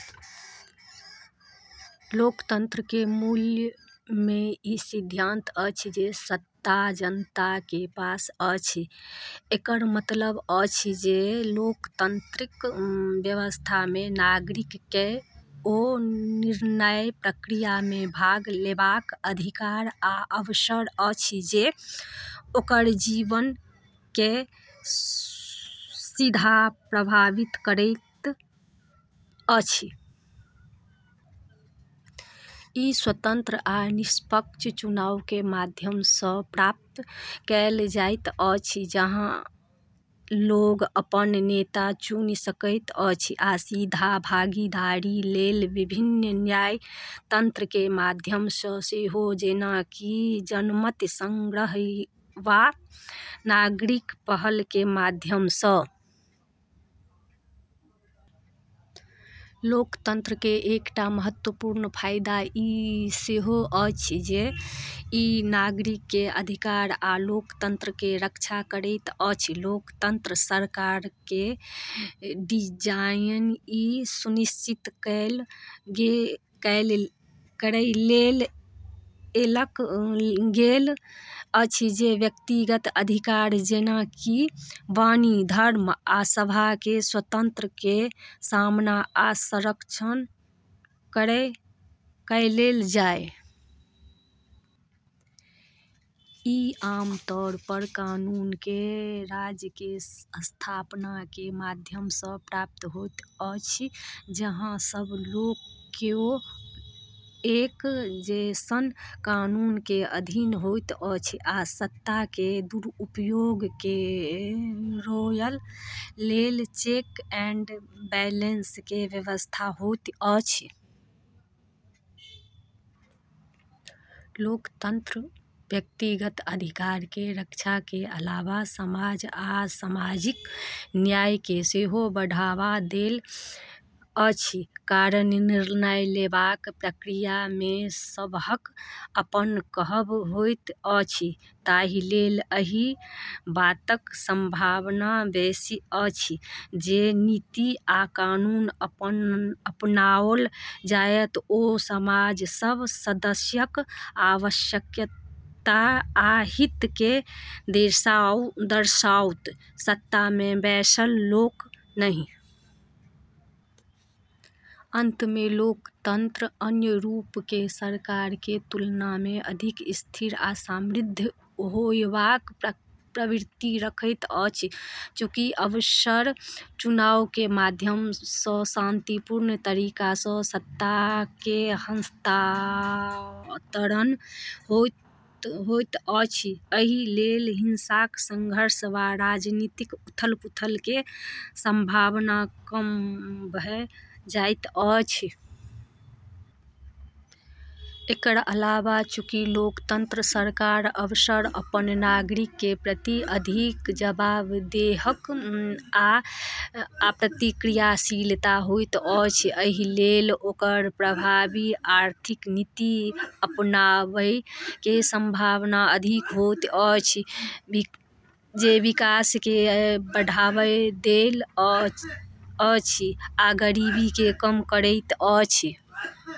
लोकतंत्र के मूल मे ई सिद्धांत अछि जे सत्ता जनता के पास अछि। एकर मतलब अछि जे लोकतांत्रिक व्यवस्था मे नागरिक केँ ओ निर्णय प्रक्रिया मे भाग लेबाक अधिकार आ अवसर अछि जे ओकर जीवन केँ सीधा प्रभावित करैत अछि। ई स्वतंत्र आ निष्पक्ष चुनाव के माध्यम सँ प्राप्त कएल जाइत अछि, जहाँ लोग अपन नेता चुनि सकैत छथि, आ सीधा भागीदारी लेल विभिन्न अन्य तंत्र के माध्यम सँ सेहो, जेना कि जनमत संग्रह वा नागरिक पहल के माध्यम सँ। लोकतंत्र के एकटा महत्वपूर्ण फायदा ई सेहो अछि जे ई नागरिक के अधिकार आ स्वतंत्रता के रक्षा करैत अछि। लोकतांत्रिक सरकार के डिजाइन ई सुनिश्चित करय लेल कएल गेल अछि जे व्यक्तिगत अधिकार, जेना कि वाणी, धर्म, आ सभा के स्वतंत्रता के सम्मान आ संरक्षण कएल जाए। ई आमतौर पर कानून के राज के स्थापना के माध्यम सँ प्राप्त होइत अछि, जहाँ सब केओ एक जैसन कानून के अधीन होइत अछि आ सत्ता के दुरुपयोग के रोकय लेल चेक एंड बैलेंस के व्यवस्था होइत अछि। लोकतंत्र व्यक्तिगत अधिकार के रक्षा के अलावे समानता आ सामाजिक न्याय के सेहो बढ़ावा दैत अछि। कारण निर्णय लेबाक प्रक्रिया मे सबहक अपन कहब होइत अछि, ताहि लेल एहि बातक संभावना बेसी अछि जे नीति आ कानून अपनाओल जायत ओ समाजक सब सदस्यक आवश्यकता आ हित केँ दर्शाओत, सत्ता मे बैसल लोकक नहि। अंत मे, लोकतंत्र अन्य रूप के सरकार के तुलना मे अधिक स्थिर आ समृद्ध होयबाक प्रवृत्ति रखैत अछि। चूँकि अक्सर चुनाव के माध्यम सँ शांतिपूर्ण तरीका सँ सत्ता के हस्तांतरण होइत अछि, एहि लेल हिंसक संघर्ष वा राजनीतिक उथल-पुथल के संभावना कम भ' जाइत अछि। एकर अलावे, चूँकि लोकतांत्रिक सरकार अक्सर अपन नागरिक के प्रति अधिक जवाबदेह आ प्रतिक्रियाशील होइत अछि, एहि लेल ओकरा प्रभावी आर्थिक नीति अपनाबय के संभावना अधिक होइत अछि जे विकास केँ बढ़ावा दैत अछि आ गरीबी केँ कम करैत अछि।